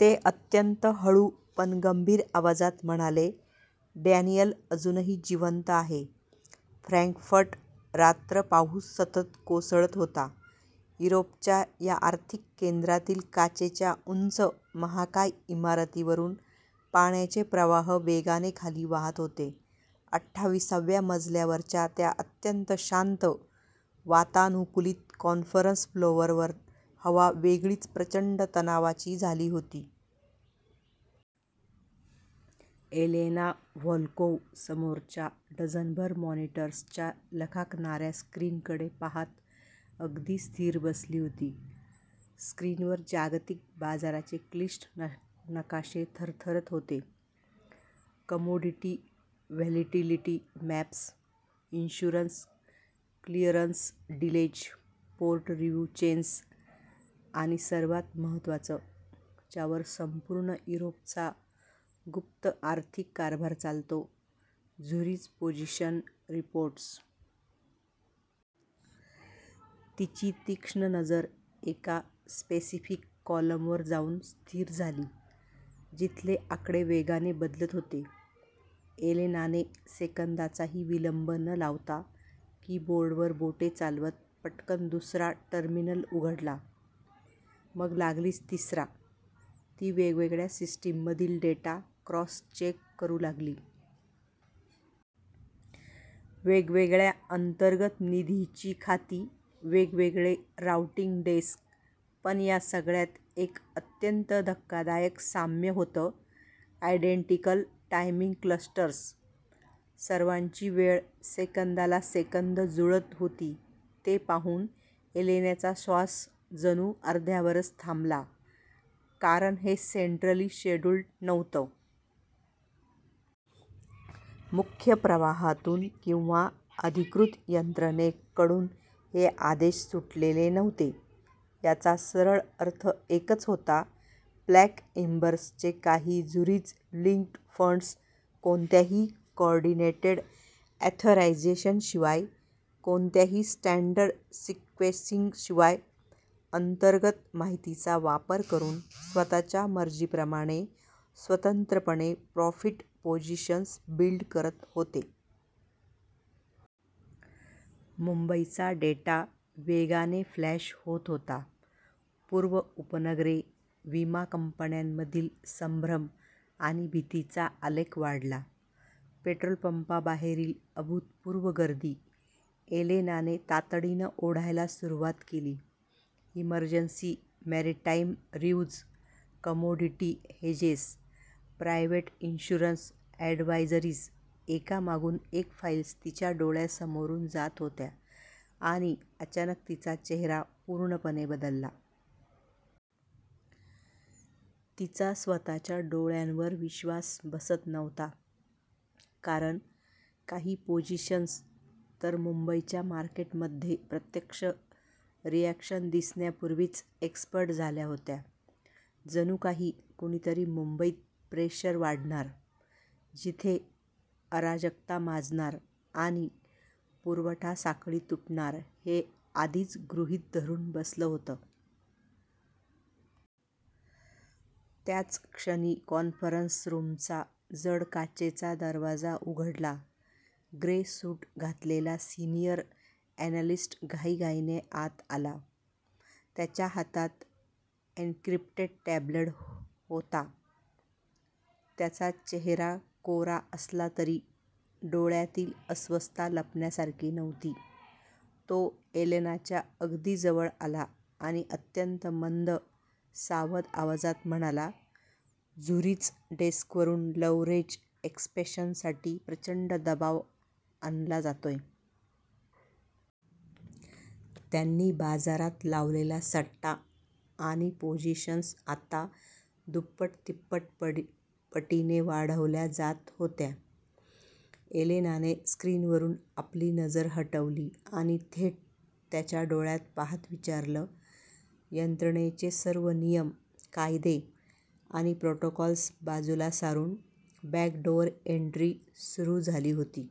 ते अत्यंत हळू, पण गंभीर आवाजात म्हणाले, "डॅनियल अजूनही जिवंत आहे. " फ्रँकफर्ट रात्र पाऊस सतत कोसळत होता. युरोपच्या या आर्थिक केंद्रातील काचेच्या उंच, महाकाय इमारतींवरून पाण्याचे प्रवाह वेगाने खाली वाहत होते. अठ्ठावीसाव्या मजल्यावरच्या त्या अत्यंत शांत, वातानुकूलित कॉन्फरन्स फ्लोअरवर हवा वेगळीच प्रचंड तणावाची झाली होती. एलेना व्होल्कोव्ह समोरच्या डझनभर मॉनिटर्सच्या लकाकणाऱ्या स्क्रीन्सकडे पाहत अगदी स्थिर बसली होती. स्क्रीन्सवर जागतिक बाजाराचे क्लिष्ट नकाशे थरथरत होते; commodity volatility maps, insurance clearance delays, port review chains आणि सर्वात महत्त्वाचं, ज्यावर संपूर्ण युरोपचा गुप्त आर्थिक कारभार चालतो झुरिच पोझिशन रिपोर्ट्स. तिची तीक्ष्ण नजर एका स्पेसिफिक कॉलमवर जाऊन स्थिर झाली, जिथले आकडे वेगाने बदलत होते. एलेनाने सेकंदाचाही विलंब न लावता कीबोर्डवर बोटे चालवत पटकन दुसरा टर्मिनल उघडला. मग लागलीच तिसरा. ती वेगवेगळ्या सिस्टीममधील डेटा क्रॉस-चेक करू लागली. वेगवेगळ्या अंतर्गत निधींची खाती, वेगवेगळे राउटिंग डेस्क, पण या सगळ्यात एक अत्यंत धक्कादायक साम्य होतं. Identical timing clusters. सर्वांची वेळ सेकंदाला सेकंद जुळत होती. ते पाहून एलेनाचा श्वास जणू अर्ध्यावरच थांबला. कारण हे सेंट्रली शेड्युल्ड नव्हतं. मुख्य प्रवाहातून किंवा अधिकृत यंत्रणेकडून हे आदेश सुटलेले नव्हते. याचा सरळ अर्थ एकच होता. ब्लॅक एम्बरचे काही झुरिच-लिंक्ड फंड्स कोणत्याही कोऑर्डिनेटेड ऑथरायझेशनशिवाय, कोणत्याही स्टँडर्ड सिक्वेन्सिंगशिवाय, अंतर्गत माहितीचा वापर करून स्वतःच्या मर्जीप्रमाणे स्वतंत्रपणे प्रॉफिट पोझिशन्स बिल्ड करत होते. मुंबईचा डेटा वेगाने फ्लॅश होत होता. पूर्व उपनगरे, विमा कंपन्यांमधील संभ्रम आणि भीतीचा आलेख वाढला, पेट्रोल पंपाबाहेरील अभूतपूर्व गर्दी. एलेनाने तातडीने ओढायला सुरुवात केली. Emergency maritime reviews, commodity hedges, private insurer advisories. एकामागून एक फाईल्स तिच्या डोळ्यांसमोरून जात होत्या आणि अचानक तिचा चेहरा पूर्णपणे बदलला. तिचा स्वतःच्या डोळ्यांवर विश्वास बसत नव्हता. कारण, काही पोझिशन्स तर मुंबईच्या मार्केटमध्ये प्रत्यक्ष रिॲक्शन दिसण्यापूर्वीच एक्स्पँड झाल्या होत्या. जणू काही कुणीतरी मुंबईत प्रेशर वाढणार, तिथे अराजकता माजणार आणि पुरवठा साखळी तुटणार हे आधीच गृहीत धरून बसलं होतं. त्याच क्षणी कॉन्फरन्स रूमचा जड, काचेचा दरवाजा उघडला. ग्रे सूट घातलेला सिनियर अनॅलिस्ट घाईघाईने आत आला. त्याच्या हातात एन्क्रिप्टेड टॅब्लेट होता. त्याचा चेहरा कोरा असला तरी, डोळ्यांतील अस्वस्थता लपण्यासारखी नव्हती. तो एलेनाच्या अगदी जवळ आला आणि अत्यंत मंद, सावध आवाजात म्हणाला, "झुरिच डेस्कवरून लेव्हरेज एक्स्पॅन्शनसाठी प्रचंड दबाव आणला जातोय. त्यांनी बाजारात लावलेला सट्टा आणि पोझिशन्स आता दुप्पट-तिप्पट पटीने वाढवल्या जात होत्या. एलेनाने स्क्रीनवरून आपली नजर हटवली आणि थेट त्याच्या डोळ्यांत पाहत विचारलं, यंत्रणेचे सर्व नियम, कायदे आणि प्रोटोकॉल्स बाजूला सारून बॅकडोअर एंट्री सुरू झाली होती.